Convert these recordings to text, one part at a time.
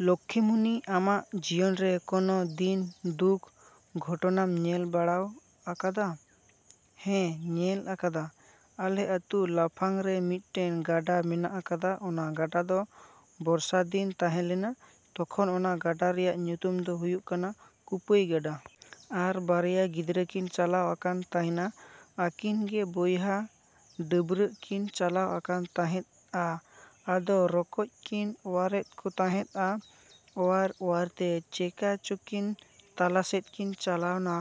ᱞᱚᱠᱷᱤᱢᱚᱱᱤ, ᱟᱢᱟᱜ ᱡᱤᱭᱚᱱ ᱨᱮ ᱠᱚᱱᱚ ᱫᱤᱱ ᱫᱩᱠ ᱜᱷᱚᱴᱚᱱᱟᱢ ᱧᱮᱞ ᱵᱟᱲᱟᱣ ᱟᱠᱟᱫᱟ? ᱦᱮᱸ, ᱧᱮᱞ ᱟᱠᱟᱫᱟ᱾ ᱟᱞᱮ ᱟᱛᱩ ᱞᱟᱯᱷᱟᱝ ᱨᱮ ᱢᱤᱫᱴᱮᱱ ᱜᱟᱰᱟ ᱢᱮᱱᱟᱜ ᱟᱠᱟᱫᱟ᱾ ᱚᱱᱟ ᱜᱟᱰᱟ ᱫᱚ ᱵᱚᱨᱥᱟᱫᱤᱱ ᱛᱟᱦᱮᱸ ᱞᱮᱱᱟ᱾ ᱛᱚᱠᱷᱚᱱ ᱚᱱᱟ ᱜᱟᱰᱟ ᱨᱮᱭᱟᱜ ᱧᱩᱛᱩᱢ ᱫᱚ ᱦᱩᱭᱩᱜ ᱠᱟᱱᱟ ᱠᱩᱯᱟᱹᱭ ᱜᱟᱰᱟ᱾ ᱟᱨ ᱵᱟᱨᱭᱟ ᱜᱤᱫᱽᱨᱟᱹᱠᱤᱱ ᱪᱟᱞᱟᱣ ᱟᱠᱟᱱ ᱛᱟᱸᱦᱮᱱᱟ᱾ ᱟᱹᱠᱤᱱ ᱜᱮ ᱵᱚᱭᱦᱟ ᱰᱟᱹᱵᱨᱟᱹᱜ ᱠᱤᱱ ᱪᱟᱞᱟᱣ ᱟᱠᱟᱱ ᱛᱟᱸᱦᱮᱫ ᱟ᱾ ᱟᱫᱚ ᱨᱚᱠᱚᱡ ᱠᱤᱱ ᱚᱣᱟᱨᱮᱫ ᱠᱚ ᱛᱟᱦᱮᱸᱫ ᱟ᱾ ᱚᱣᱟᱨᱼᱚᱣᱟᱨᱛᱮ ᱪᱮᱠᱟ ᱪᱚᱠᱤᱱ ᱛᱟᱞᱟᱥᱮᱫ ᱠᱤᱱ ᱪᱟᱞᱟᱣᱱᱟ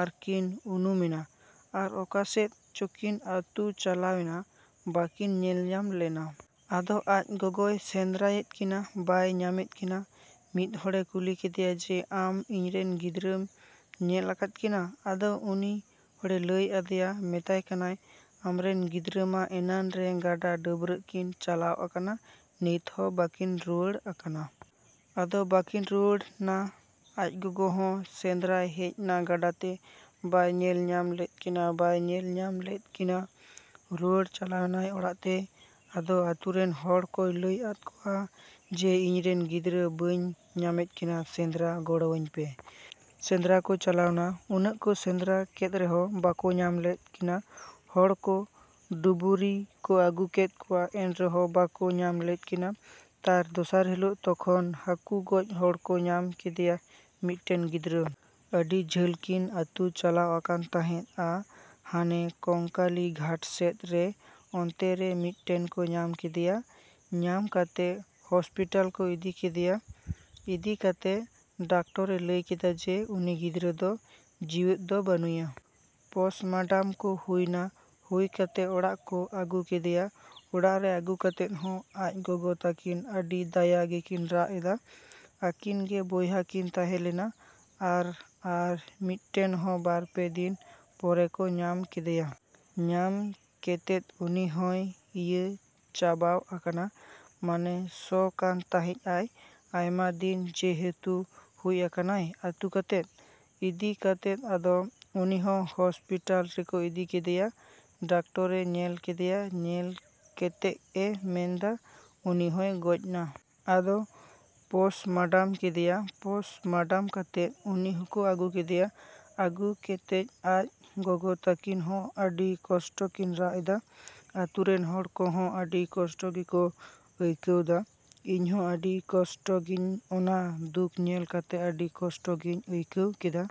ᱟᱨᱠᱤᱱ ᱩᱱᱩᱢᱮᱱᱟ᱾ ᱟᱨ ᱚᱠᱟᱥᱮᱫ ᱪᱚᱠᱤᱱ ᱟᱹᱛᱩ ᱪᱟᱞᱟᱣᱮᱱᱟ, ᱵᱟᱹᱠᱤᱱ ᱧᱮᱞᱧᱟᱢ ᱞᱮᱱᱟ᱾ ᱟᱫᱚ ᱟᱡ ᱜᱚᱜᱚᱭ ᱥᱮᱸᱫᱽᱨᱟᱭᱮᱫ ᱠᱤᱱᱟ, ᱵᱟᱭ ᱧᱟᱢᱮᱫ ᱠᱤᱱᱟ᱾ ᱢᱤᱫ ᱦᱚᱲᱮ ᱠᱩᱞᱤ ᱠᱮᱫᱮᱭᱟ ᱡᱮ ᱟᱢ ᱤᱧᱨᱮᱱ ᱜᱤᱫᱽᱨᱟᱹᱢ ᱧᱮᱞ ᱟᱠᱟᱫ ᱠᱤᱱᱟ? ᱟᱫᱚ ᱩᱱᱤ ᱦᱚᱲᱮ ᱞᱟᱹᱭ ᱟᱫᱮᱭᱟ, ᱢᱮᱛᱟᱭ ᱠᱟᱱᱟᱭ, "ᱟᱢᱨᱮᱱ ᱜᱤᱫᱽᱨᱟᱹ ᱢᱟ ᱮᱱᱟᱱ ᱨᱮ ᱜᱟᱰᱟ ᱰᱟᱹᱵᱨᱟᱹᱜ ᱠᱤᱱ ᱪᱟᱞᱟᱣ ᱟᱠᱟᱱᱟ, ᱱᱤᱛ ᱦᱚᱸ ᱵᱟᱹᱠᱤᱱ ᱨᱩᱣᱟᱹᱲ ᱟᱠᱟᱱᱟ᱾" ᱟᱫᱚ ᱵᱟᱹᱠᱤᱱ ᱨᱩᱣᱟᱹᱲ ᱱᱟ᱾ ᱟᱡ ᱜᱚᱜᱚ ᱦᱚᱸ ᱥᱮᱸᱫᱽᱨᱟᱭ ᱦᱮᱡ ᱱᱟ ᱜᱟᱰᱟ ᱛᱮ᱾ ᱵᱟᱭ ᱧᱮᱞ ᱧᱟᱢ ᱞᱮᱫ ᱠᱤᱱᱟ, ᱵᱟᱭ ᱧᱮᱞ ᱧᱟᱢ ᱞᱮᱫ ᱠᱤᱱᱟ᱾ ᱨᱩᱣᱟᱹᱲ ᱪᱟᱞᱟᱣᱮᱱᱟᱭ ᱚᱲᱟᱜ ᱛᱮ᱾ ᱟᱫᱚ ᱟᱹᱛᱩᱨᱮᱱ ᱦᱚᱲ ᱠᱚᱭ ᱞᱟᱹᱭ ᱟᱫ ᱠᱚᱣᱟ ᱡᱮ ᱤᱧᱨᱮᱱ ᱜᱤᱫᱽᱨᱟᱹ ᱵᱟᱹᱧ ᱧᱟᱢᱮᱫ ᱠᱤᱱᱟ, ᱥᱮᱸᱫᱽᱨᱟ ᱜᱚᱲᱚᱣᱟᱹᱧ ᱯᱮ᱾ ᱥᱮᱸᱫᱽᱨᱟ ᱠᱚ ᱪᱟᱞᱟᱣ ᱱᱟ᱾ ᱩᱱᱟᱹᱜ ᱠᱚ ᱥᱮᱸᱫᱽᱨᱟ ᱠᱮᱫ ᱨᱮᱦᱚᱸ ᱵᱟᱠᱚ ᱧᱟᱢ ᱞᱮᱫ ᱠᱤᱱᱟ᱾ ᱦᱚᱲ ᱠᱚ ᱰᱩᱵᱩᱨᱤ ᱠᱚ ᱟᱹᱜᱩ ᱠᱮᱫ ᱠᱚᱣᱟ, ᱮᱱᱨᱮᱦᱚᱸ ᱵᱟᱠᱚ ᱧᱟᱢ ᱞᱮᱫ ᱠᱤᱱᱟ᱾ ᱛᱟᱨ ᱫᱚᱥᱟᱨ ᱦᱤᱞᱟᱹᱜ ᱛᱚᱠᱷᱚᱱ ᱦᱟᱠᱩ ᱜᱚᱡ ᱦᱚᱲ ᱠᱚ ᱧᱟᱢ ᱠᱮᱫᱮᱭᱟ ᱢᱤᱫᱴᱮᱱ ᱜᱤᱫᱽᱨᱟᱹ᱾ ᱟᱹᱰᱤ ᱡᱷᱟᱹᱞ ᱠᱤᱱ ᱟᱹᱛᱩ ᱪᱟᱞᱟᱣ ᱟᱠᱟᱱ ᱛᱟᱦᱮᱸᱫ ᱟ᱾ ᱦᱟᱱᱮ ᱠᱚᱝᱠᱟᱹᱞᱤ ᱜᱷᱟᱴ ᱥᱮᱫ ᱨᱮ ᱚᱱᱛᱮᱨᱮ ᱢᱤᱫᱴᱮᱱ ᱠᱚ ᱧᱟᱢ ᱠᱮᱫᱮᱭᱟ᱾ ᱧᱟᱢ ᱠᱮᱛᱮᱜ ᱦᱚᱥᱯᱤᱴᱟᱞ ᱠᱚ ᱤᱫᱤ ᱠᱮᱫᱮᱭᱟ᱾ ᱤᱫᱤ ᱠᱮᱛᱮᱜ ᱰᱟᱠᱴᱚᱨᱮ ᱞᱟᱹᱭ ᱠᱮᱫᱟ ᱡᱮ ᱩᱱᱤ ᱜᱤᱫᱽᱨᱟᱹ ᱫᱚ ᱡᱤᱣᱟᱹᱫ ᱫᱚ ᱵᱟᱹᱱᱩᱭᱟ᱾ ᱯᱚᱥᱢᱟᱰᱟᱢ ᱠᱚ ᱦᱩᱭ ᱱᱟ᱾ ᱦᱩᱭ ᱠᱟᱛᱮᱜ ᱚᱲᱟᱜ ᱠᱚ ᱟᱹᱜᱩ ᱠᱮᱫᱮᱭᱟ᱾ ᱚᱲᱟᱜ ᱨᱮ ᱟᱹᱜᱩ ᱠᱟᱛᱮᱫ ᱦᱚᱸ ᱟᱡ ᱜᱚᱜᱚ ᱛᱟᱹᱠᱤᱱ ᱟᱹᱰᱤ ᱫᱟᱭᱟ ᱜᱮᱠᱤᱱ ᱨᱟᱜ ᱮᱫᱟ᱾ ᱟᱹᱠᱤᱱ ᱜᱮ ᱵᱚᱭᱦᱟ ᱠᱤᱱ ᱛᱟᱦᱮᱸ ᱞᱮᱱᱟ᱾ ᱟᱨ ᱟᱨ ᱢᱤᱫᱴᱮᱱ ᱦᱚᱸ ᱵᱟᱨ ᱯᱮ ᱫᱤᱱ ᱯᱚᱨᱮ ᱠᱚ ᱧᱟᱢ ᱠᱮᱫᱮᱭᱟ᱾ ᱧᱟᱢ ᱠᱮᱛᱮᱫ ᱩᱱᱤ ᱦᱚᱸᱭ ᱤᱭᱟᱹ ᱪᱟᱵᱟᱣ ᱟᱠᱟᱱᱟ, ᱢᱟᱱᱮ ᱥᱚ ᱠᱟᱱ ᱛᱟᱦᱮᱸᱡ ᱟᱭ᱾ ᱟᱭᱢᱟ ᱫᱤᱱ ᱡᱮᱦᱮᱛᱩ ᱦᱩᱭ ᱟᱠᱟᱱᱟᱭ ᱟᱹᱛᱩ ᱠᱟᱛᱮᱫ᱾ ᱤᱫᱤ ᱠᱮᱛᱮᱫ ᱟᱫᱚ ᱩᱱᱤ ᱦᱚᱸ ᱦᱚᱥᱯᱤᱴᱟᱞ ᱨᱮᱠᱚ ᱤᱫᱤ ᱠᱮᱫᱮᱭᱟ᱾ ᱰᱟᱠᱴᱚᱨᱮ ᱧᱮᱞ ᱠᱮᱫᱮᱭᱟ᱾ ᱧᱮᱞ ᱠᱮᱛᱮᱜ ᱮ ᱢᱮᱱᱫᱟ ᱩᱱᱤ ᱦᱚᱸᱭ ᱜᱚᱡ ᱱᱟ᱾ ᱟᱫᱚ ᱯᱚᱥᱢᱟᱰᱟᱢ ᱠᱮᱫᱮᱭᱟ᱾ ᱯᱚᱥᱢᱟᱰᱟᱢ ᱠᱟᱛᱮᱫ ᱩᱱᱤ ᱦᱚᱠᱚ ᱟᱹᱜᱩ ᱠᱮᱫᱮᱭᱟ᱾ ᱟᱹᱜᱩ ᱠᱮᱛᱮᱫ ᱟᱡ ᱜᱚᱜᱚ ᱛᱟᱹᱠᱤᱱ ᱦᱚᱸ ᱟᱹᱰᱤ ᱠᱚᱥᱴᱚ ᱠᱤᱱ ᱨᱟᱜ ᱮᱫᱟ᱾ ᱟᱹᱛᱩᱨᱮᱱ ᱦᱚᱲ ᱠᱚ ᱦᱚᱸ ᱟᱹᱰᱤ ᱠᱚᱥᱴᱚ ᱜᱮᱠᱚ ᱟᱹᱭᱠᱟᱹᱣ ᱫᱟ᱾ ᱤᱧ ᱦᱚᱸ ᱟᱹᱰᱤ ᱠᱚᱥᱴᱚ ᱜᱤᱧ ᱚᱱᱟ ᱫᱩᱠ ᱧᱮᱞ ᱠᱟᱛᱮᱜ ᱟᱹᱰᱤ ᱠᱚᱥᱴᱚ ᱜᱤᱧ ᱟᱹᱭᱠᱟᱹᱣ ᱠᱮᱫᱟ᱾